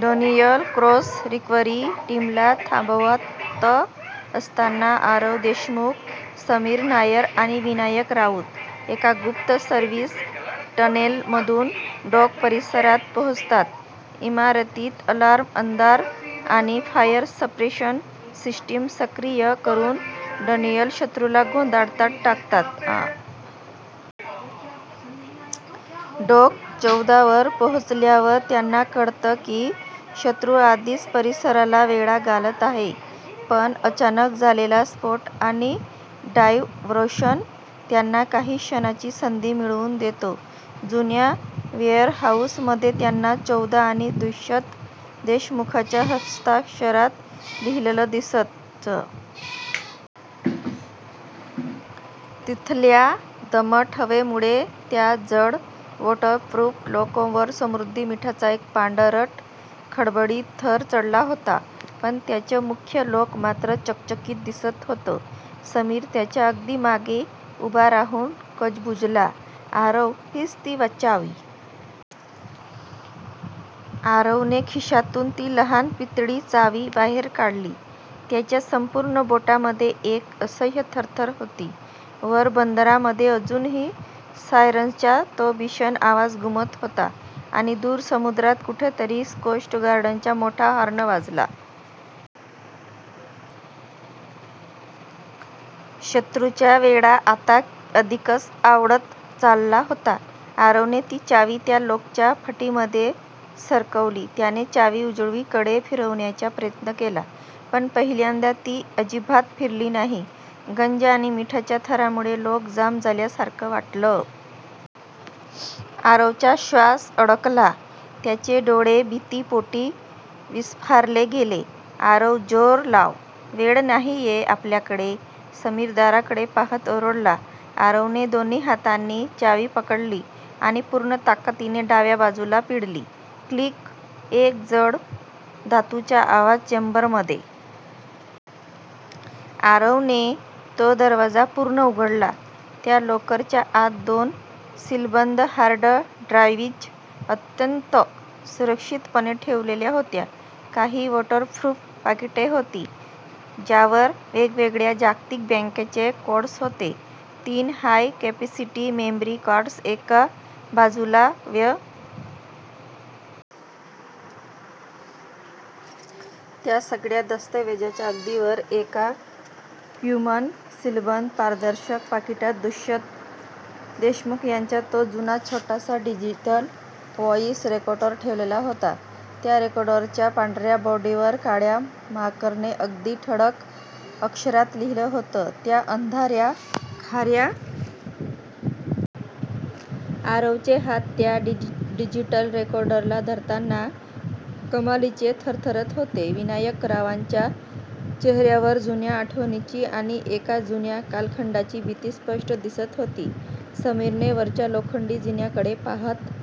Daniel Cross recovery टीमला थांबवत असताना आरव देशमुख, समीर नायर आणि विनायक राऊत एका गुप्त सर्व्हिस टनेलमधून डॉक परिसरात पोहोचतात. इमारतीत अलार्म, अंधार आणि फायर सप्रेशन सिस्टम सक्रिय करून डॅनियल शत्रूला गोंधळात टाकतो, आणि स्वतः मागे थांबून बाकी तिघांना पळून जाण्याची संधी देतो. डॉक चौदा वर पोहोचल्यावर त्यांना कळतं की शत्रू आधीच परिसराला वेढा घालत आहे, पण अचानक झालेला स्फोट आणि डायव्हर्शन त्यांना काही क्षणांची संधी मिळवून देतो. जुन्या वेअरहाऊसमध्ये त्यांना "-चौदा " आणि दुष्यंत देशमुखच्या हस्ताक्षरात लिहिलेलं दिसतं, ज्यातून एका जुन्या स्मगलिंग मार्गाचा धागा सापडतो. तिथल्या दमट हवेमुळे त्या जड वॉटरप्रूफ लॉकरवर समुद्री मिठाचा एक पांढरट, खडबडीत थर चढला होता. पण त्याचं मुख्य लॉक मात्र चकचकीत दिसत होतं. समीर त्याच्या अगदी मागे उभा राहून कुजबुजला, "आरव, हीच ती चावी? " आरवने खिशातून ती लहान, पितळी चावी बाहेर काढली. त्याच्या संपूर्ण बोटांमध्ये एक असह्य थरथर होती. वर बंदरामध्ये अजूनही सायरन्सचा तो भीषण आवाज घुमत होता आणि दूर समुद्रात कुठेतरी कोस्ट गार्डचा मोठा हॉर्न वाजला. शत्रूचा वेढा आता अधिकच आवळत चालला होता. आरवने ती चावी त्या लॉकच्या फटीमध्ये सरकवली. त्याने चावी उजवीकडे फिरवण्याचा प्रयत्न केला, पण पहिल्यांदा ती अजिबात फिरली नाही. गंज आणि मिठाच्या थरामुळे लॉक जाम झाल्यासारखं वाटलं. आरवचा श्वास अडकला. त्याचे डोळे भीतीपोटी विस्फारले गेले. "आरव, जोर लाव! वेळ नाहीये आपल्याकडे! " समीर दाराकडे पाहत ओरडला. आरवने दोन्ही हातांनी चावी पकडली आणि पूर्ण ताकदीने डाव्या बाजूला पिळली. क्लिक. एक जड, धातूचा आवाज चेंबरमध्ये घुमला आणि त्या वॉटरप्रूफ लॉकरचा जड दरवाजा आपोआप किंचित पुढे सरकला. आरवने तो दरवाजा पूर्ण उघडला. त्या लॉकरच्या आत दोन सीलबंद हार्ड ड्राईव्ह्ज अत्यंत सुरक्षितपणे ठेवलेल्या होत्या. काही वॉटरप्रूफ पाकिटे होती, ज्यांवर वेगवेगळ्या जागतिक बँकांचे कोड्स होते. तीन हाय-कॅपेसिटी मेमरी कार्ड्स एका बाजूला व्यवस्थित रचून ठेवलेली होती आणि... त्या सगळ्या दस्तऐवजांच्या अगदी वर, एका व्हॅक्यूम-सीलबंद पारदर्शक पाकिटात दुष्यंत देशमुख यांचा तो जुना, छोटासा डिजिटल व्हाईस रेकॉर्डर ठेवलेला होता. त्या रेकॉर्डरच्या पांढऱ्या बॉडीवर काळ्या मार्करने अगदी ठळक अक्षरात लिहिलं होतं. त्या अंधाऱ्या, खाऱ्या पाण्याचा वास येणाऱ्या काँक्रीट चेंबरमध्ये पूर्ण शांतता पसरली. आरवचे हात त्या डिजिटल रेकॉर्डरला धरताना कमालीचे थरथरत होते. विनायकरावांच्या चेहऱ्यावर जुन्या आठवणींची आणि एका जुन्या कालखंडाची भीती स्पष्ट दिसत होती. समीरने वरच्या लोखंडी जिन्याकडे पाहत--